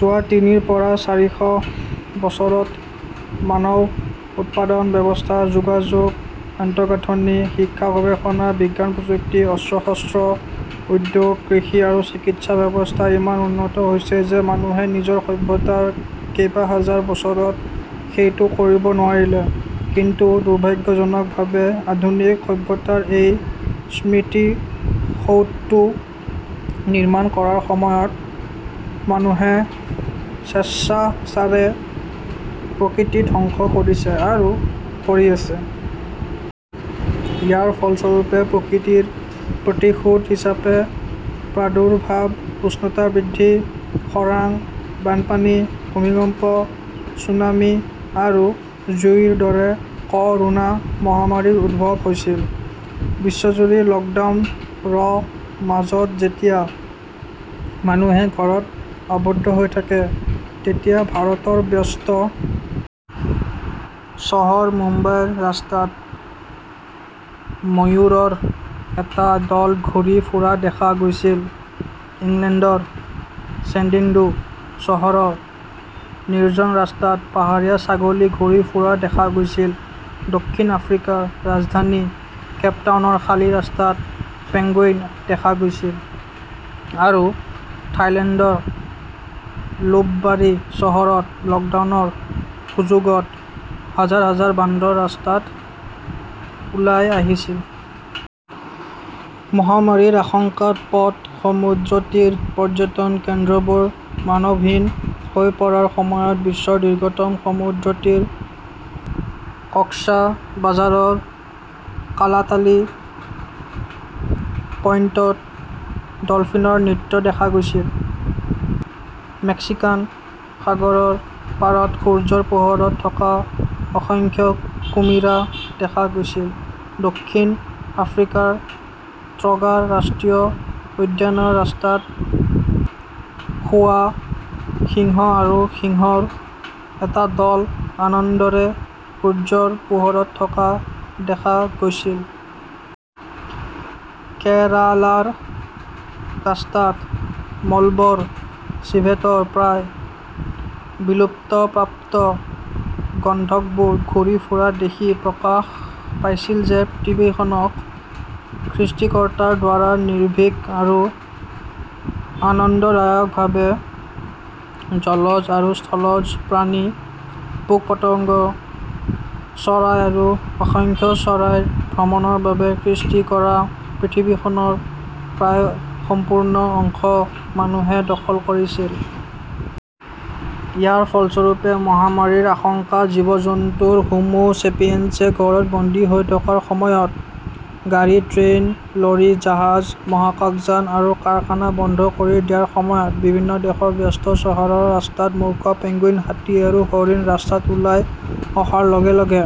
যোৱা তিনিৰ পৰা চাৰিশ বছৰত মানৱ উৎপাদন ব্যৱস্থা, যোগাযোগ, আন্তঃগাঁথনি, শিক্ষা-গৱেষণা, বিজ্ঞান-প্ৰযুক্তি, অস্ত্ৰ-শস্ত্ৰ, উদ্যোগ, কৃষি আৰু চিকিৎসা ব্যৱস্থা ইমান উন্নত হৈছে যে মানুহে নিজৰ সভ্যতাৰ কেইবাহাজাৰ বছৰত সেইটো কৰিব নোৱাৰিলে। কিন্তু দুৰ্ভাগ্যজনকভাৱে, আধুনিক সভ্যতাৰ এই স্মৃতিসৌধটো নিৰ্মাণ কৰাৰ সময়ত মানুহে স্বেচ্ছাচাৰে প্ৰকৃতি ধ্বংস কৰিছে আৰু কৰি আছে। ইয়াৰ ফলস্বৰূপে প্ৰকৃতিৰ প্ৰতিশোধ হিচাপে প্ৰাদুৰ্ভাৱ, উষ্ণতা বৃদ্ধি, খৰাং, বানপানী, ভূমিকম্প, ছুনামি আৰু জুইৰ দৰে ক "ৰোনা মহামাৰীৰ উদ্ভৱ হৈছিল। বিশ্বজুৰি 'লকডাউন "ৰ মাজত যেতিয়া মানুহে ঘৰত আবদ্ধ হৈ থাকে, তেতিয়া ভাৰতৰ ব্যস্ত চহৰ মুম্বাইৰ ৰাস্তাত ময়ূৰৰ এটা দল ঘূৰি ফুৰা দেখা গৈছিল; ইংলেণ্ডৰ চেণ্ডিন্ডো চহৰৰ নিৰ্জন ৰাস্তাত পাহাৰীয়া ছাগলী ঘূৰি ফুৰা দেখা গৈছিল; দক্ষিণ আফ্ৰিকাৰ ৰাজধানী কেপটাউনৰ খালী ৰাস্তাত পেঙ্গুইন দেখা গৈছিল; আৰু থাইলেণ্ডৰ লুপবাৰী চহৰত লকডাউনৰ সুযোগত হাজাৰ হাজাৰ বান্দৰ ৰাস্তাত ওলাই আহিছিল। মহামাৰীৰ আশংকাত পথ, সমুদ্ৰতীৰ, পৰ্যটন কেন্দ্ৰবোৰ মানৱহীন হৈ পৰাৰ সময়ত, বিশ্বৰ দীৰ্ঘতম সমুদ্ৰতীৰ কক্সবাজাৰৰ কালাতালি পইণ্টত ডলফিনৰ নৃত্য দেখা গৈছিল; মেক্সিকান সাগৰৰ পাৰত সূৰ্যৰ পোহৰত থকা অসংখ্য কুমিৰা দেখা গৈছিল; দক্ষিণ আফ্ৰিকাৰ ক্ৰগাৰ ৰাষ্ট্ৰীয় উদ্যানৰ ৰাস্তাত শুৱা সিংহ আৰু সিংহৰ এটা দল আনন্দৰে সূৰ্যৰ পোহৰত থকা দেখা গৈছিল। কেৰালাৰ ৰাস্তাত মলবৰ চিভেটৰ প্ৰায় বিলুপ্তপ্ৰাপ্ত গন্ধকবোৰ ঘূৰি ফুৰা দেখি প্ৰকাশ পাইছিল যে পৃথিৱীখনক সৃষ্টিকৰ্তাৰ দ্বাৰা নিৰ্ভীক আৰু আনন্দদায়কভাৱে জলজ আৰু স্থলজ প্ৰাণী, পোক-পতংগ, চৰাই আৰু অসংখ্য চৰাইৰ ভ্ৰমণৰ বাবে সৃষ্টি কৰা পৃথিৱীখনৰ প্ৰায় সম্পূৰ্ণ অংশ মানুহে দখল কৰিছিল। ইয়াৰ ফলস্বৰূপে মহামাৰীৰ আশংকাত জীৱ-জন্তুৰ হোমো ছেপিয়েন্সে ঘৰত বন্দী হৈ থকাৰ সময়ত, গাড়ী-ট্ৰেইন-লৰী-জাহাজ, মহাকাশযান আৰু কাৰখানা বন্ধ কৰি দিয়াৰ সময়ত; বিভিন্ন দেশৰ ব্যস্ত চহৰৰ ৰাস্তাত মূৰ্খ, পেঙ্গুইন, হাতী আৰু হৰিণ ৰাস্তাত ওলাই অহাৰ লগে লগে;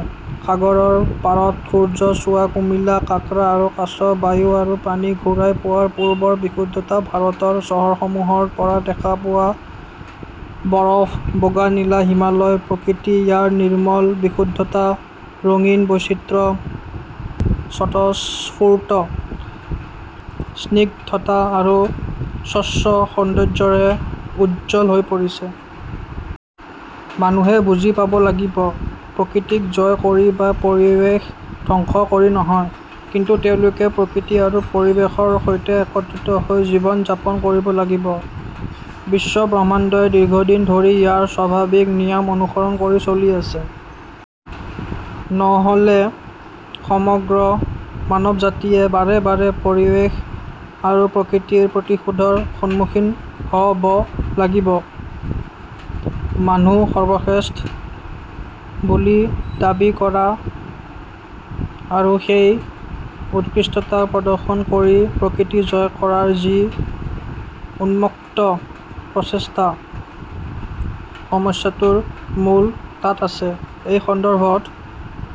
সাগৰৰ পাৰত সূৰ্য চোৱা কুমিলা, কাঁকড়া আৰু কাছ; বায়ু আৰু পানী ঘূৰাই পোৱাৰ পূৰ্বৰ বিশুদ্ধতা; ভাৰতৰ চহৰসমূহৰ পৰা দেখা পোৱা বৰফ-বগা নীলা হিমালয়; প্ৰকৃতি ইয়াৰ নিৰ্মল বিশুদ্ধতা, ৰঙীন বৈচিত্ৰ্য, স্বতঃস্ফূৰ্ত স্নিগ্ধতা আৰু স্বচ্ছ সৌন্দৰ্য্যৰে উজ্জ্বল হৈ পৰিছে। মানুহে বুজি পাব লাগিব-প্ৰকৃতিক জয় কৰি বা পৰিৱেশ ধ্বংস কৰি নহয়; কিন্তু তেওঁলোকে প্ৰকৃতি আৰু পৰিৱেশৰ সৈতে একত্ৰিত হৈ জীৱন যাপন কৰিব লাগিব, বিশ্বব্ৰহ্মাণ্ডই দীৰ্ঘদিন ধৰি ইয়াৰ স্বাভাৱিক নিয়ম অনুসৰণ কৰি চলি আছে। নহ "লে সমগ্ৰ মানৱজাতিয়ে বাৰে বাৰে পৰিৱেশ আৰু প্ৰকৃতিৰ প্ৰতিশোধৰ সন্মুখীন হ" ব লাগিব। মানুহ সৰ্বশ্ৰেষ্ঠ বুলি দাবী কৰা আৰু সেই উৎকৃষ্টতা প্ৰদৰ্শন কৰি প্ৰকৃতি জয় কৰাৰ যি উন্মত্ত প্ৰচেষ্টা, সমস্যাটোৰ মূল তাত আছে। এই সন্দৰ্ভত